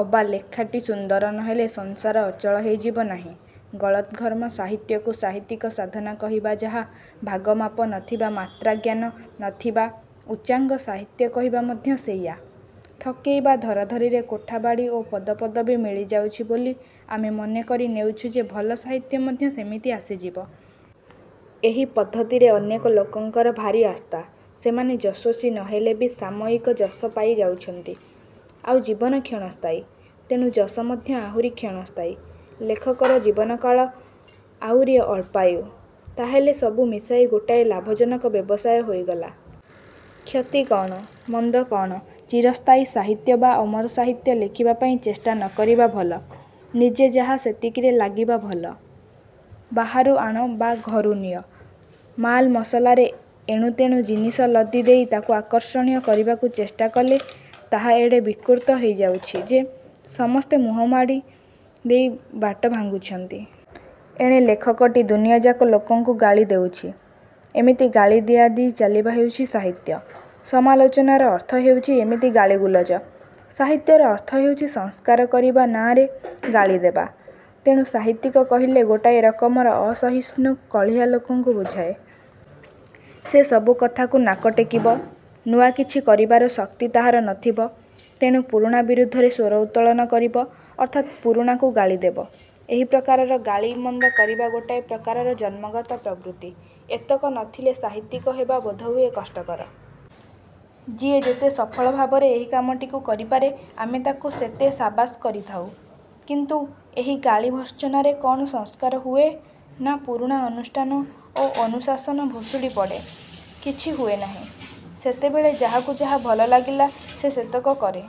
ଅବା ଲେଖାଟି ସୁନ୍ଦର ନ ହେଲେ ସଂସାର ଅଚଳ ହୋଇଯିବ ନାହିଁ। ଗଳଦ୍ଘର୍ମ ସାହିତ୍ୟକୁ ସାହିତ୍ୟିକ ସାଧନା କହିବା ଯାହା, ଭାଗମାପ ନ ଥିବା ବା ମାତ୍ରାଜ୍ଞାନ ନ ଥିବା ଉଚ୍ଚାଙ୍ଗ ସାହିତ୍ୟ କହିବା ମଧ୍ୟ ସେଇଆ। ଠକେଇ ବା ଧରାଧରିରେ କୋଠାବାଡ଼ି ଓ ପଦପଦବୀ ମିଳି ଯାଉଛି ବୋଲି ଆମେ ମନେ କରି ନେଉଛୁ ଯେ ଭଲ ସାହିତ୍ୟ ମଧ୍ୟ ସେମିତି ଆସିଯିବ। ଏହି ପଦ୍ଧତିରେ ଅନେକ ଲୋକଙ୍କର ଭାରି ଆସ୍ଥା। ସେମାନେ ଯଶସ୍ୱୀ ନ ହେଲେ ବି ସାମୟିକ ଯଶ ପାଇ ଯାଉଛନ୍ତି। ଆଉ ଜୀବନ କ୍ଷଣସ୍ଥାୟୀ। ତେଣୁ ଯଶ ମଧ୍ୟ ଆହୁରି କ୍ଷଣସ୍ଥାୟୀ। ଲେଖକର ଜୀବନକାଳ ଆଉରି ଅଳ୍ପାୟୁ। ତାହାହେଲେ ସବୁ ମିଶାଇ ଗୋଟାଏ ଲାଭଜନକ ବ୍ୟବସାୟ ହୋଇଗଲା। କ୍ଷତି କ’ଣ? ମନ୍ଦ କ’ଣ? ଚିରସ୍ଥାୟୀ ସାହିତ୍ୟ ବା ଅମର ସାହିତ୍ୟ ଲେଖିବା ପାଇଁ ଚେଷ୍ଟା ନ କରିବା ଭଲ। ନିଜେ ଯାହା ସେତିକିରେ ଲାଗିବା ଭଲ। ବାହାରୁ ଆଣ ବା ଘରୁ ନିଅ, ମାଲମସଲାରେ ଏଣୁତେଣୁ ଜିନିସ ଲଦି ଦେଇ ତାକୁ ଆକର୍ଷଣୀୟ କରିବାକୁ ଚେଷ୍ଟା କଲେ ତାହା ଏଡ଼େ ବିକୃତ ହେଇଯାଉଛି ଯେ ସମସ୍ତେ ମୁହଁମୋଡ଼ି ଦେଇ ବାଟ ଭାଙ୍ଗୁଛନ୍ତି। ଏଣେ ଲେଖକଟି ଦୁନିଆଯାକ ଲୋକଙ୍କୁ ଗାଳି ଦେଉଛି। ଏମିତି ଗାଳି ଦିଆଦିଇ ଚାଲିବା ହେଉଛି ସାହିତ୍ୟ। ସମାଲୋଚନାର ଅର୍ଥ ହେଉଛି ଏମିତି ଗାଳିଗୁଲଜ। ସାହିତ୍ୟର ଅର୍ଥ ହେଉଛି ସଂସ୍କାର କରିବା ନାଁରେ ଗାଳିଦେବା। ତେଣୁ ସାହିତ୍ୟିକ କହିଲେ ଗୋଟାଏ ରକମର ଅସହିଷ୍ଣୁ କଳିହା ଲୋକକୁ ବୁଝାଏ। ସେ ସବୁ କଥାକୁ ନାକ ଟେକିବ। ନୂଆ କିଛି କରିବାର ଶକ୍ତି ତାହାର ନ ଥିବ। ତେଣୁ ପୁରୁଣା ବିରୁଦ୍ଧରେ ସ୍ୱର ଉତ୍ତୋଳନ କରିବ, ଅର୍ଥାତ୍ ପୁରୁଣାକୁ ଗାଳିଦେବ। ଏହି ପ୍ରକାରର ଗାଳିମନ୍ଦ କରିବା ଗୋଟାଏ ପ୍ରକାରର ଜନ୍ମଗତ ପ୍ରବୃତ୍ତି। ଏତକ ନ ଥିଲେ ସାହିତ୍ୟିକ ହେବା ବୋଧହୁଏ କଷ୍ଟକର। ଯିଏ ଯେତେ ସଫଳ ଭାବରେ ଏହି କାମଟିକୁ କରିପାରେ ଆମେ ତାକୁ ସେତେ ସାବାସ କରିଥାଉ। କିନ୍ତୁ ଏହି ଗାଳି ଭର୍ତ୍ସନାରେ କ’ଣ ସଂସ୍କାର ହୁଏ ନା ପୁରୁଣା ଅନୁଷ୍ଠାନ ଓ ଅନୁଶାସନ ଭୁଷୁଡ଼ି ପଡ଼େ? କିଛି ହୁଏ ନାହିଁ। ଯେତେବେଳେ ଯାହାକୁ ଯାହା ଭଲ ଲାଗିଲା ସେ ସେତକ କରେ।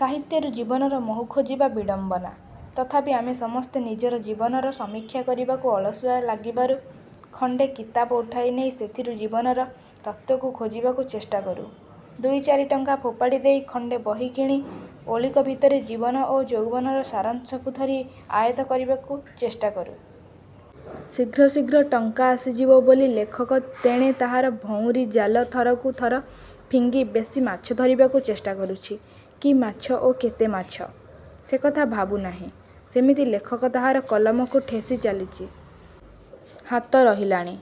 ସାହିତ୍ୟରୁ ଜୀବନର ମହୁ ଖୋଜିବା ବିଡ଼ମ୍ବନା। ତଥାପି ଆମେ ସମସ୍ତେ ନିଜର ଜୀବନର ସମୀକ୍ଷା କରିବାକୁ ଅଳସୁଆ ଲାଗିବାରୁ ଖଣ୍ଡେ କିତାପ ଉଠାଇ ନେଇ ସେଥିରୁ ଜୀବନର ତତ୍ତ୍ୱକୁ ଖୋଜିବାକୁ ଚେଷ୍ଟା କରୁ। ଦୁଇ ଚାରି ଟଙ୍କା ଫୋପାଡ଼ି ଦେଇ ଖଣ୍ଡେ ବହି କିଣି ଓଳିକ ଭିତରେ ଜୀବନ ଓ ଯୌବନର ସାରାଂଶକୁ ଧରି ଆୟତ୍ତ କରିବାକୁ ଚେଷ୍ଟା କରୁ। ଶୀଘ୍ର ଶୀଘ୍ର ଟଙ୍କା ଆସିଯିବ ବୋଲି ଲେଖକ ତେଣେ ତାହାର ଭଉଁରୀ ଜାଲ ଥରକୁ ଥର ଫିଙ୍ଗି ବେଶି ମାଛ ଧରିବାକୁ ଚେଷ୍ଟା କରୁଛି। କି ମାଛ ଓ କେତେ ମାଛ? ସେ କଥା ଭାବୁ ନାହିଁ। ସେମିତି ଲେଖକ ତାହାର କଲମକୁ ଠେଲି ଚାଲିଛି। ହାତ ରହିଲାଣି।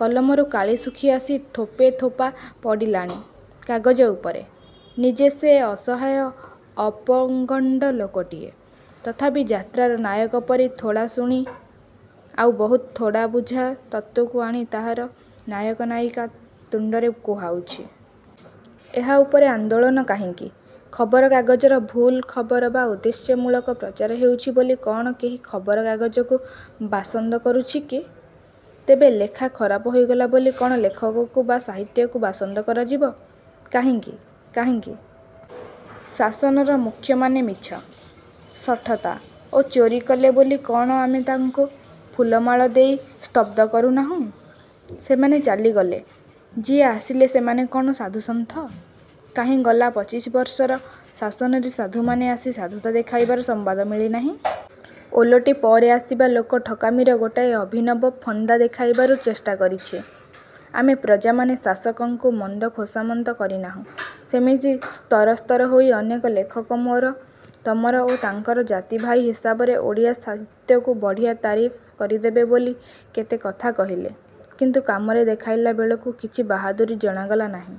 କଲମରୁ କାଳି ଶୁଖି ଆସି ଥୋପେ ଥୋପା ପଡ଼ିଲାଣି କାଗଜ ଉପରେ। ନିଜେ ସେ ଅସହାୟ ଅପୋଗଣ୍ଡ ଲୋକଟିଏ। ତଥାପି ଯାତ୍ରାର ନାୟକ ପରି ଥୋଡ଼ା ଶୁଣି ଆଉ ବହୁତ୍ ଥୋଡ଼ା ବୁଝା ତତ୍ତ୍ୱକୁ ଆଣି ତାହାର ନାୟକ ନାୟିକା ତୁଣ୍ଡରେ କୁହାଉଛି। ଏହା ଉପରେ ଆନ୍ଦୋଳନ କାହିଁକି? ଖବର କାଗଜର ଭୁଲ ଖବର ବା ଉଦ୍ଦେଶ୍ୟମୂଳକ ପ୍ରଚାର ହେଉଛି ବୋଲି କ’ଣ କେହି ଖବର କାଗଜକୁ ବାସନ୍ଦ କରୁଛି କି? ତେବେ ଲେଖା ଖରାପ ହୋଇଗଲା ବୋଲି କ’ଣ ଲେଖକକୁ ବା ସାହିତ୍ୟିକକୁ ବାସନ୍ଦ କରାଯିବ? କାହିଁକି? କାହିଁକି? ଶାସନର ମୁଖ୍ୟମାନେ ମିଛ, ଶଠତା ଓ ଚୋରି କଲେ ବୋଲି କ’ଣ ଆମେ ତାଙ୍କୁ ଫୁଲମାଳ ଦେଇ ସ୍ତବ କରୁ ନାହୁଁ? ସେମାନେ ଚାଲିଗଲେ, ଯିଏ ଆସିଲେ ସେମାନେ କ’ଣ ସାଧୁ ସନ୍ଥ? କାହିଁ ଗଲା ପଚିଶି ବର୍ଷର ଶାସନରେ ସାଧୁମାନେ ଆସି ସାଧୁତା ଦେଖାଇବାର ସମ୍ବାଦ ମିଳି ନାହିଁ। ଓଲଟି ପରେ ଆସିବା ଲୋକ ଠକାମିର ଗୋଟାଏ ଅଭିନବ ଫନ୍ଦା ଦେଖାଇବାରୁ ଚେଷ୍ଟା କରିଛି। ଆମେ ପ୍ରଜାମାନେ ଶାସକଙ୍କୁ ମନ୍ଦ ଖୋସାମଦ କରି ନାହୁଁ। ସେମିତି ସ୍ତରସ୍ତର ହୋଇ ଅନେକ ଲେଖକ ମୋର, ତମର ଓ ତାଙ୍କର ଜାତିଭାଇ ହିସାବରେ ଓଡ଼ିଆ ସାହିତ୍ୟକୁ ବଢ଼ିଆ ତାରିଫ କରିଦେବେ ବୋଲି କେତେ କଥା କହିଲେ। କିନ୍ତୁ କାମରେ ଦେଖାଇଲାବେଳକୁ କିଛି ବାହାଦୁରୀ ଜଣାଗଲା ନାହିଁ।